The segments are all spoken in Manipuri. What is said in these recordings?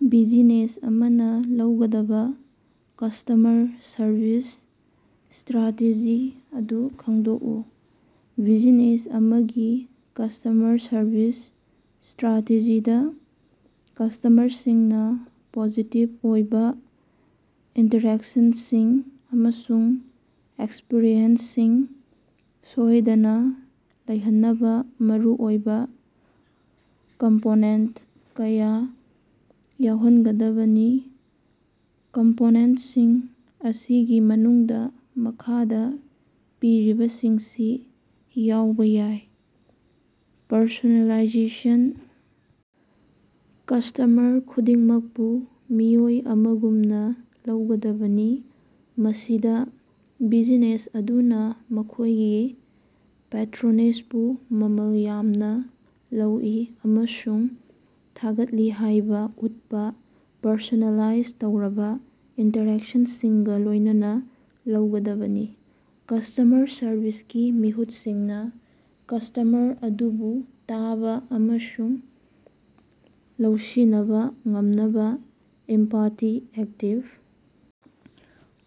ꯕꯤꯖꯤꯅꯦꯁ ꯑꯃꯅ ꯂꯧꯒꯗꯕ ꯀꯁ꯭ꯇꯃꯔ ꯁꯔꯚꯤꯁ ꯁ꯭ꯇꯔꯥꯇꯦꯖꯤ ꯑꯗꯨ ꯈꯪꯗꯣꯛꯎ꯫ ꯕꯤꯖꯤꯅꯦꯁ ꯑꯃꯒꯤ ꯀꯁ꯭ꯇꯃꯔ ꯁꯔꯚꯤꯁ ꯁ꯭ꯇꯔꯥꯇꯦꯖꯤꯗꯥ ꯀꯁ꯭ꯇꯃꯔꯁꯤꯡꯅꯥ ꯄꯣꯖꯤꯇꯤꯚ ꯑꯣꯏꯕꯥ ꯏꯟꯇꯔꯦꯛꯁꯟꯁꯤꯡ ꯑꯃꯁꯨꯡ ꯑꯦꯛꯁꯄꯤꯔꯤꯑꯦꯟꯁꯁꯤꯡ ꯁꯣꯏꯗꯅꯥ ꯂꯩꯍꯟꯅꯕꯥ ꯃꯔꯨꯑꯣꯏꯕꯥ ꯀꯝꯄꯣꯅꯦꯟꯇ ꯀꯌꯥ ꯌꯥꯎꯍꯟꯒꯗꯕꯅꯤ꯫ ꯀꯝꯄꯣꯅꯦꯟꯇꯁꯤꯡ ꯑꯁꯤꯒꯤ ꯃꯅꯨꯡꯗꯥ ꯃꯈꯥꯗꯥ ꯄꯤꯔꯤꯕꯁꯤꯡꯁꯤ ꯌꯥꯎꯕꯥ ꯌꯥꯏ: ꯄꯔꯁꯣꯅꯦꯂꯥꯏꯖꯦꯁꯟ: ꯀꯁ꯭ꯇꯃꯔ ꯈꯨꯗꯤꯡꯃꯛꯄꯨ ꯃꯤꯑꯣꯏ ꯑꯃꯒꯨꯝꯅꯥ ꯂꯧꯒꯗꯕꯅꯤ, ꯃꯁꯤꯗꯥ ꯕꯤꯖꯤꯅꯦꯁ ꯑꯗꯨꯅꯥ ꯃꯈꯣꯏꯒꯤ ꯄꯦꯇꯔꯣꯅꯦꯖꯕꯨ ꯃꯃꯜ ꯌꯥꯝꯅ ꯂꯧꯏ ꯑꯃꯁꯨꯡ ꯊꯥꯒꯠꯂꯤ ꯍꯥꯏꯕ ꯎꯠꯄꯥ ꯄꯔꯁꯣꯅꯦꯂꯥꯏꯖ ꯇꯧꯔꯕ ꯏꯟꯇꯔꯦꯛꯁꯅꯁꯤꯡꯒꯥ ꯂꯣꯏꯅꯅ ꯂꯧꯒꯗꯕꯅꯤ꯫ ꯀꯁ꯭ꯇꯃꯔ ꯁꯔꯚꯤꯁꯀꯤ ꯃꯤꯍꯨꯠꯁꯤꯡꯅꯥ ꯀꯁ꯭ꯇꯃꯔ ꯑꯗꯨꯕꯨ ꯇꯥꯕꯥ ꯑꯃꯁꯨꯡ ꯂꯧꯁꯤꯅꯕꯥ ꯉꯝꯅꯕꯥ ꯏꯝꯄꯥꯇꯤ, ꯑꯦꯛꯇꯤꯕ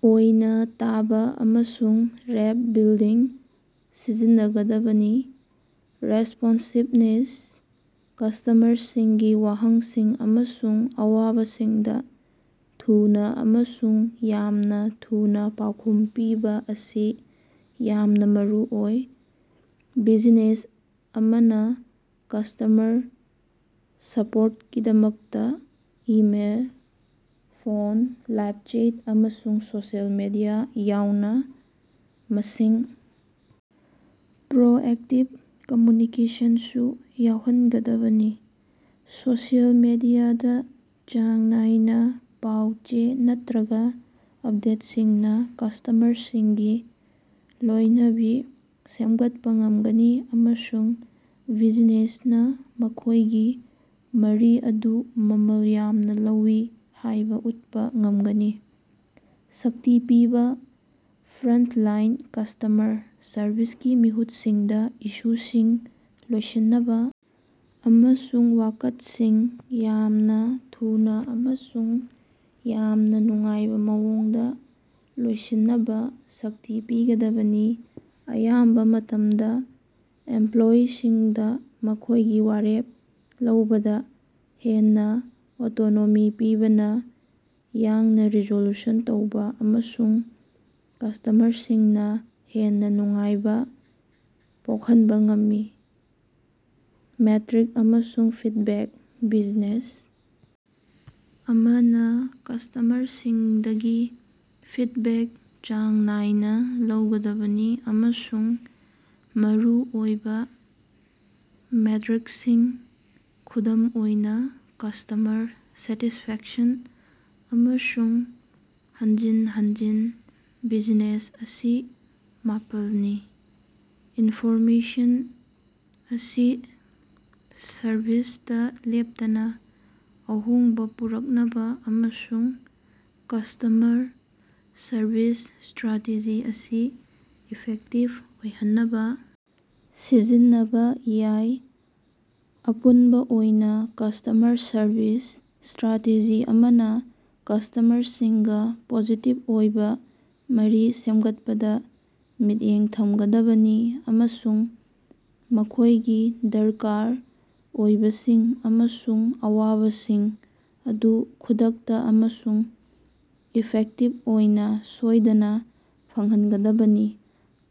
ꯑꯣꯏꯅꯥ ꯇꯥꯕꯥ, ꯑꯃꯁꯨꯡ ꯔꯦꯞ ꯕꯤꯜꯗꯤꯡ ꯁꯤꯖꯤꯟꯅꯒꯗꯕꯅꯤ꯫ ꯔꯦꯁꯄꯣꯟꯁꯤꯕꯅꯦꯁ: ꯀꯁ꯭ꯇꯃꯔꯁꯤꯡꯒꯤ ꯋꯥꯍꯪꯁꯤꯡ ꯑꯃꯁꯨꯡ ꯑꯋꯥꯕꯁꯤꯡꯗꯥ ꯊꯨꯅꯥ ꯑꯃꯁꯨꯡ ꯌꯥꯝꯅꯥ ꯊꯨꯅꯥ ꯄꯥꯎꯈꯨꯝ ꯄꯤꯕꯥ ꯑꯁꯤ ꯌꯥꯝꯅꯥ ꯃꯔꯨꯑꯣꯏ꯫ ꯕꯤꯖꯤꯅꯦꯁ ꯑꯃꯅꯥ ꯀꯁ꯭ꯇꯃꯔ ꯁꯄꯣꯔꯇꯀꯤꯗꯃꯛꯇꯥ ꯏꯃꯦꯜ, ꯐꯣꯟ, ꯂꯥꯏꯕ ꯆꯦꯠ, ꯑꯃꯁꯨꯡ ꯁꯣꯁꯤꯑꯦꯜ ꯃꯤꯗꯤꯌꯥ ꯌꯥꯎꯅ ꯃꯁꯤꯡ ꯄ꯭ꯔꯣꯑꯦꯛꯇꯤꯚ ꯀꯃꯨꯅꯤꯀꯦꯁꯅꯁꯨ ꯌꯥꯎꯍꯟꯒꯗꯕꯅꯤ꯫ ꯁꯣꯁꯤꯑꯦꯜ ꯃꯤꯗꯤꯌꯥꯗꯥ ꯆꯥꯡ ꯅꯥꯏꯅꯥ ꯄꯥꯎ-ꯆꯦ ꯅꯠꯇꯔꯒꯥ ꯑꯄꯗꯦꯠꯁꯤꯡꯅꯥ ꯀꯁ꯭ꯇꯃꯔꯁꯤꯡꯒꯤ ꯂꯣꯏꯅꯕꯤ ꯁꯦꯝꯒꯠꯄꯥ ꯉꯝꯒꯅꯤ ꯑꯃꯁꯨꯡ ꯕꯤꯖꯤꯅꯦꯁꯅꯥ ꯃꯈꯣꯏꯒꯤ ꯃꯔꯤ ꯑꯗꯨ ꯃꯃꯜ ꯌꯥꯝꯅꯥ ꯂꯧꯏ ꯍꯥꯏꯕꯥ ꯎꯠꯄꯥ ꯉꯝꯒꯅꯤ꯫ ꯁꯛꯇꯤ ꯄꯤꯕꯥ: ꯐ꯭ꯔꯟꯇꯂꯥꯏꯟ ꯀꯁ꯭ꯇꯃꯔ ꯁꯔꯕꯤꯁꯀꯤ ꯃꯤꯍꯨꯠꯁꯤꯡꯗꯥ ꯏꯁꯨꯁꯤꯡ ꯂꯣꯏꯁꯤꯟꯅꯕꯥ ꯑꯃꯁꯨꯡ ꯋꯥꯀꯠꯁꯤꯡ ꯌꯥꯝꯅꯥ ꯊꯨꯅꯥ ꯑꯃꯁꯨꯡ ꯌꯥꯝꯅꯥ ꯅꯨꯡꯉꯥꯏꯕꯥ ꯃꯑꯣꯡꯗꯥ ꯂꯣꯏꯁꯤꯟꯅꯕꯥ ꯁꯛꯇꯤ ꯄꯤꯒꯗꯕꯅꯤ꯫ ꯑꯌꯥꯝꯕꯥ ꯃꯇꯝꯗꯥ, ꯏꯝꯄꯂꯣꯌꯤꯁꯤꯡꯗꯥ ꯃꯈꯣꯏꯒꯤ ꯋꯥꯔꯦꯞ ꯂꯧꯕꯗꯥ ꯍꯦꯟꯅꯥ ꯑꯣꯇꯣꯅꯣꯃꯤ ꯄꯤꯕꯅꯥ ꯌꯥꯡꯅꯥ ꯔꯤꯖꯣꯜꯌꯨꯁꯟ ꯇꯧꯕꯥ ꯑꯃꯁꯨꯡ ꯀꯁ꯭ꯇꯃꯔꯁꯤꯡꯅꯥ ꯍꯦꯟꯅꯥ ꯅꯨꯡꯉꯥꯏꯕꯥ ꯄꯣꯀꯍꯅꯕꯥ ꯉꯝꯃꯤ꯫ ꯃꯦꯇꯔꯤꯛ ꯑꯃꯁꯨꯡ ꯐꯤꯗꯕꯦꯛ: ꯕꯤꯖꯤꯅꯦꯁ ꯑꯃꯅꯥ ꯀꯁ꯭ꯇꯃꯔꯁꯤꯡꯗꯒꯤ ꯐꯤꯗꯕꯦꯛ ꯆꯥꯡ ꯅꯥꯏꯅꯥ ꯂꯧꯒꯗꯕꯅꯤ ꯑꯃꯁꯨꯡ ꯃꯔꯨ ꯑꯣꯏꯕꯥ ꯃꯦꯠꯔꯤꯛꯁꯤꯡ, ꯈꯨꯗꯝ ꯑꯣꯏꯅꯥ ꯀꯁ꯭ꯇꯃꯔ ꯁꯦꯇꯤꯁꯐꯦꯛꯁꯟ ꯑꯃꯁꯨꯡ ꯍꯟꯖꯤꯟ ꯍꯟꯖꯤꯟ ꯕꯤꯖꯤꯅꯦꯁ ꯑꯁꯤ ꯃꯥꯄꯜꯅꯤ꯫ ꯏꯟꯐꯣꯔꯃꯦꯁꯟ ꯑꯁꯤ ꯁꯔꯚꯤꯁꯇꯥ ꯂꯦꯞꯇꯅꯥ ꯑꯍꯣꯡꯕꯥ ꯄꯨꯔꯛꯅꯕꯥ ꯑꯃꯁꯨꯡ ꯀꯁ꯭ꯇꯃꯔ ꯁꯔꯚꯤꯁ ꯁ꯭ꯇꯔꯥꯇꯦꯖꯤ ꯑꯁꯤ ꯏꯐꯦꯛꯇꯤꯚ ꯑꯣꯏꯍꯟꯅꯕꯥ ꯁꯤꯖꯤꯟꯅꯕꯥ ꯌꯥꯏ꯫ ꯑꯄꯨꯟꯕꯥ ꯑꯣꯏꯅꯥ, ꯀꯁ꯭ꯇꯃꯔ ꯁꯔꯚꯤꯁ ꯁ꯭ꯇꯔꯥꯇꯦꯖꯤ ꯑꯃꯅꯥ ꯀꯁ꯭ꯇꯃꯔꯁꯤꯡꯒꯥ ꯄꯣꯖꯤꯇꯤꯚ ꯑꯣꯏꯕꯥ ꯃꯔꯤ ꯁꯦꯝꯒꯠꯄꯗꯥ ꯃꯤꯠꯌꯦꯡ ꯊꯝꯒꯗꯕꯅꯤ ꯑꯃꯁꯨꯡ ꯃꯈꯣꯏꯒꯤ ꯗꯔꯀꯥꯔ ꯑꯣꯏꯕꯁꯤꯡ ꯑꯃꯁꯨꯡ ꯑꯋꯥꯕꯁꯤꯡ ꯑꯗꯨ ꯈꯨꯗꯛꯇꯥ ꯑꯃꯁꯨꯡ ꯏꯐꯦꯛꯇꯤꯚ ꯑꯣꯏꯅꯥ ꯁꯣꯏꯗꯅꯥ ꯐꯪꯍꯟꯒꯗꯕꯅꯤ꯫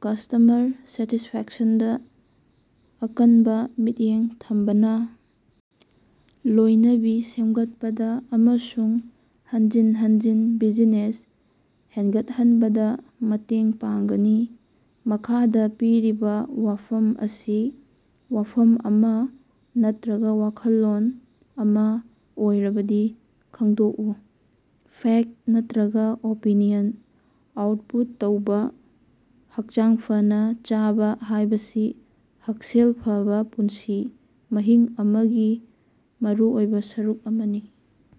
ꯀꯁ꯭ꯇꯃꯔ ꯁꯦꯇꯤꯁꯐꯦꯛꯁꯅꯗꯥ ꯑꯀꯟꯕꯥ ꯃꯤꯠꯌꯦꯡ ꯊꯝꯕꯅꯥ ꯂꯣꯏꯅꯕꯤ ꯁꯦꯝꯒꯠꯄꯗꯥ ꯑꯃꯁꯨꯡ ꯍꯟꯖꯤꯟ ꯍꯟꯖꯤꯟ ꯕꯤꯖꯤꯅꯦꯁ ꯍꯦꯟꯒꯠꯍꯟꯕꯗꯥ ꯃꯇꯦꯡ ꯄꯥꯡꯒꯅꯤ꯫ ꯃꯈꯥꯗꯥ ꯄꯤꯔꯤꯕꯥ ꯋꯥꯐꯝ ꯑꯁꯤ ꯋꯥꯐꯝ ꯑꯃꯥ ꯅꯠꯇꯔꯒꯥ ꯋꯥꯈꯜꯂꯣꯟ ꯑꯃꯥ ꯑꯣꯏꯔꯕꯗꯤ ꯈꯪꯗꯣꯛꯎ꯫ "ꯐꯦꯛꯇ" ꯅꯠꯔꯒꯥ "ꯑꯣꯄꯤꯅꯤꯌꯟ" ꯑꯥꯎꯠꯄꯨꯠ ꯇꯧꯕꯥ꯫ ꯍꯛꯆꯥꯡ ꯐꯅꯥ ꯆꯥꯕꯥ ꯍꯥꯏꯕꯁꯤ ꯍꯛꯁꯦꯜ ꯐꯕꯥ ꯄꯨꯟꯁꯤ ꯃꯍꯤꯡ ꯑꯃꯒꯤ ꯃꯔꯨꯑꯣꯏꯕꯥ ꯁꯔꯨꯛ ꯑꯃꯅꯤ꯫